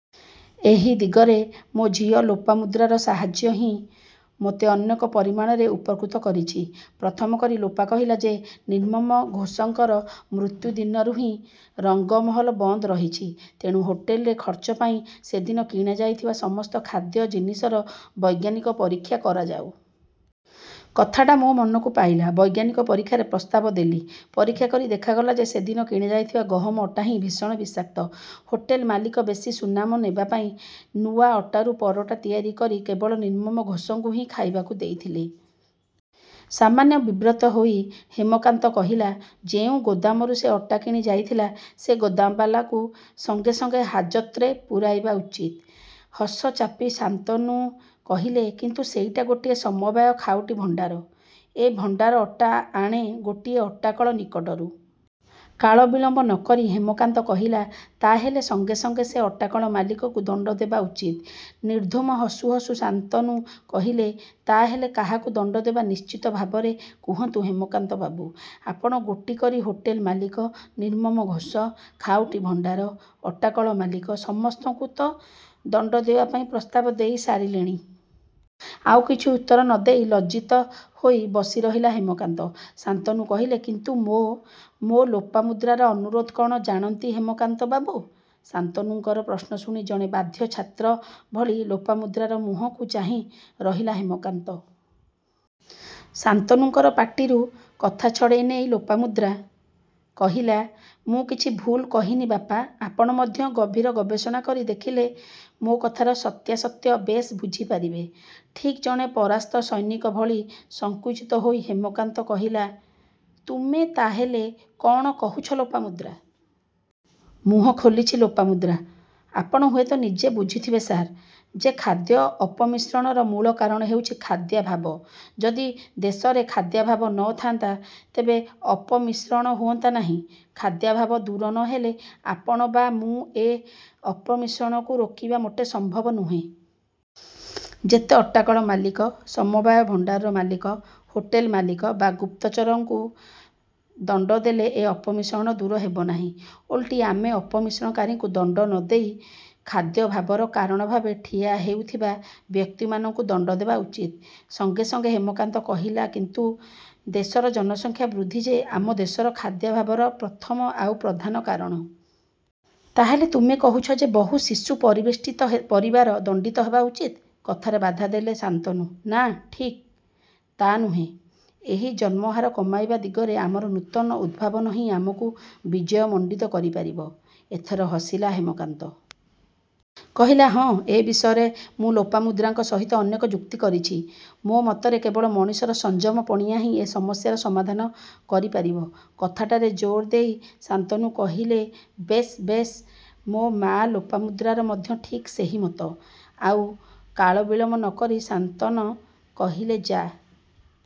ଏ ଦିଗରେ ମୋ ଝିଅ ଲୋପାମୁଦ୍ରାର ସାହାର୍ଯ୍ୟ ହିଁ ,ମୋତେ ଅନେକ ପରିମାଣରେ ଉପକୃତ କରିଛି। ପ୍ରଥମ କରି ଲୋପା କହିଲା ଯେ ନିର୍ମମ ଘୋଷଙ୍କର ମୃତ୍ୟୁ ଦିନରୁ ହିଁ, ରଙ୍ଗମହଲ ବନ୍ଦ୍ ରହିଛି। ତେଣୁ ହୋଟେଲରେ ଖର୍ଚ୍ଚପାଇଁ ସେଦିନ କିଣା ଯାଇଥିବା ସମସ୍ତ ଖାଦ୍ୟ ଜିନିଷର ବୈଜ୍ଞାନିକ ପରୀକ୍ଷା କରାଯାଉ। କଥାଟା ମୋ ମନକୁ ପାଇଲା। ବୈଜ୍ଞାନିକ ପରୀକ୍ଷାର ପ୍ରସ୍ତାବ ଦେଲି। ପରୀକ୍ଷା କରି ଦେଖାଗଲା ଯେ ସେଦିନ କିଣା ଯାଇଥିବା ଗହମ ଅଟା ହିଁ ଭୀଷଣ ବିଷାକ୍ତ। ହୋଟେଲ ମାଲିକ ବେଶୀ ସୁନାମ ନେବାପାଇଁ ନୂଆ ଅଟାରୁ ପରଟ୍ଟା ତିଆରି କରି କେବଳ ନିର୍ମମ ଘୋଷଙ୍କୁ ହିଁ ଖାଇବାକୁ ଦେଇଥିଲେ। ସାମାନ୍ୟ ବିବ୍ରତ ହୋଇ ହେମକାନ୍ତ କହିଲା "ଯେଉଁ ଗୋଦାମରୁ ସେ ଅଟା କିଣା ଯାଇଥିଲା, ସେ ଗୋଦାମବାଲାକୁ ସଙ୍ଗେ ସଙ୍ଗେ ହାଜତ୍ରେ ପୂରାଇବା ଉଚିତ। ହସ ଚାପି ଶାନ୍ତନୁ କହିଲେ କିନ୍ତୁ ସେଇଟା ଗୋଟିଏ ସମବାୟ ଖାଉଟି ଭଣ୍ଡାର। ଏ ଭଣ୍ଡାର ଅଟା ଆଣେ ଗୋଟିଏ ଅଟାକଳ ନିକଟରୁ। କାଳବିଳମ୍ବ ନ କରି ହେମକାନ୍ତ କହିଲା, ତା' ହେଲେ ସଙ୍ଗେ ସଙ୍ଗେ ସେ ଅଟାକଳ ମାଲିକଙ୍କୁ ଦଣ୍ଡଦେବା ଉଚିତ। ନିର୍ଧୂମ ହସୁ ହସୁ ଶାନ୍ତନୁ କହିଲେ, ତା'ହେଲେ କାହାକୁ ଦଣ୍ଡଦେବା ନିଶ୍ଚିତ ଭାବରେ କୁହନ୍ତୁ ହେମକାନ୍ତ ବାବୁ। ଆପଣ ଗୋଟି କରି ହୋଟେଲ ମାଲିକ, ନିର୍ମମ ଘୋଷ, ଖାଉଟି ଭଣ୍ଡାର, ଅଟାକଳ ମାଲିକ ସମସ୍ତଙ୍କୁ ତ' ଦଣ୍ଡଦେବା ପାଇଁ ପ୍ରସ୍ତାବ ଦେଇ ସାରିଲେଣି। ଆଉ କିଛି ଉତ୍ତର ନ ଦେଇ ଲଜ୍ଜିତ ହୋଇ ବସି ରହିଲା ହେମକାନ୍ତ। ଶାନ୍ତନୁ କହିଲେ କିନ୍ତୁ ମୋ ମୋ ଲୋପାମୁଦ୍ରାର ଅନୁରୋଧ କ'ଣ ଜାଣନ୍ତି ହେମକାନ୍ତ ବାବୁ? ଶାନ୍ତନୁଙ୍କର ପ୍ରଶ୍ନ ଶୁଣି ଜଣେ ବାଧ୍ୟ ଛାତ୍ର ଭଳି ଲୋପାମୁଦ୍ରାର ମୁହଁକୁ ଚାହିଁ ରହିଲା ହେମକାନ୍ତ। ଶାନ୍ତନୁଙ୍କର ପାଟିରୁ କଥା ଛଡ଼େଇ ନେଇ ଲୋପାମୁଦ୍ରା। କହିଲା "ମୁଁ କିଛି ଭୁଲ୍ କହିନି ବାପା, ଆପଣ ମଧ୍ୟ ଗଭୀର ଗବେଷଣା କରି ଦେଖିଲେ ମୋ କଥାର ସତ୍ୟାସତ୍ୟ ବେଶ ବୁଝି ପାରିବେ। ଠିକ୍ ଜଣେ ପରାସ୍ତ ସୈନିକ ଭଳି ସଂକୁଚିତ ହୋଇ ହେମକାନ୍ତ କହିଲା ,ତୁମେ ତା' ହେଲେ କ'ଣ କହୁଛ ଲୋପାମୁଦ୍ରା? ମୁହଁ ଖୋଲିଛି ଲୋପାମୁଦ୍ରା। ''ଆପଣ ହୁଏତ ନିଜେ ବୁଝୁଥିବେ ସାର୍, ଯେ ଖାଦ୍ୟ ଅପମିଶ୍ରଣର ମୂଳ କାରଣ ହେଉଛି ଖାଦ୍ୟାଭାବ। ଯଦି ଦେଶରେ ଖାଦ୍ୟାଭାବ ନ ଥାନ୍ତା ତେବେ ଅପମିଶ୍ରଣ ହୁଅନ୍ତା ନାହିଁ। ଖାଦ୍ୟାଭାବ ଦୂର ନ ହେଲେ ଆପଣ ବା ମୁଁ ଏ ଅପମିଶ୍ରଣକୁ ରୋକିବା ମୋଟେ ସମ୍ଭବ ନୁହେଁ। ଯେତେ ଅଟାକଳ ମାଲିକ, ସମବାୟ ଭଣ୍ଡାରର ମାଲିକ, ହୋଟେଲ ମାଲିକ ବା ଗୁପ୍ତଚରଙ୍କୁ ଦଣ୍ଡ ଦେଲେ ଏ ଅପମିଶ୍ରଣ ଦୂର ହେବନାହିଁ। ଓଲଟି ଆମେ ଅପମିଶ୍ରଣକାରୀଙ୍କୁ ଦଣ୍ତ ନ ଦେଇ ଖାଦ୍ୟଭାବର କାରଣଭାବେ ଠିଆ ହେଉଥିବା ବ୍ୟକ୍ତିମାନଙ୍କୁ ଦଣ୍ଡ ଦେବା ଉଚିତ। ସଙ୍ଗେ ସଙ୍ଗେ ହେମକାନ୍ତ କହିଲାକିନ୍ତୁ ଦେଶର ଜନସଂଖ୍ୟା ବୃଦ୍ଧି ଯେ ଆମ ଦେଶର ଖାଦ୍ୟାଭାବର ପ୍ରଥମ ଆଉ ପ୍ରଧାନ କାରଣ। ତା'ହେଲେ ତୁମେ କହୁଛ ଯେ ବହୁ ଶିଶୁ ପରିବେଷ୍ଟିତ ପରିବାର ଦଣ୍ଡିତ ହେବା ଉଚିତ। କଥାରେ ବାଧା ଦେଲେ ଶାନ୍ତନୁ ''ନାଁ ଠିକ୍ ତା' ନୁହେଁ, ଏହି ଜନ୍ମହାର କମାଇବା ଦିଗରେ ଆମର ନୂତନ ଉଦ୍ଭାବନ ହିଁ ଆମକୁ ବିଜୟ ମଣ୍ଡିତ କରି ପାରିବ। ଏଥର ହସିଲା ହେମକାନ୍ତ। କହିଲା ,ହଁ ଏ ବିଷୟରେ ମୁଁ ଲୋପାମୁଦ୍ରାଙ୍କ ସହିତ ଅନେକ ଯୁକ୍ତି କରିଛି। ମୋ ମତରେ କେବଳ ମଣିଷର ସଂଯମ ପଣିଆଁ ହିଁ ଏ ସମସ୍ୟାର ସମାଧାନ କରି ପାରିବ। କଥାଟାରେ ଜୋର ଦେଇ ଶାନ୍ତନୁ କହିଲେବେଶ୍ ବେଶ ମୋ ମାଆ ଲୋପାମୁଦ୍ରାର ମଧ୍ୟ ଠିକ୍ ସେହି ମତ। ଆଉ କାଳବିଳମ୍ବ ନ କରି ଶାନ୍ତନ କହିଲେ ଯା |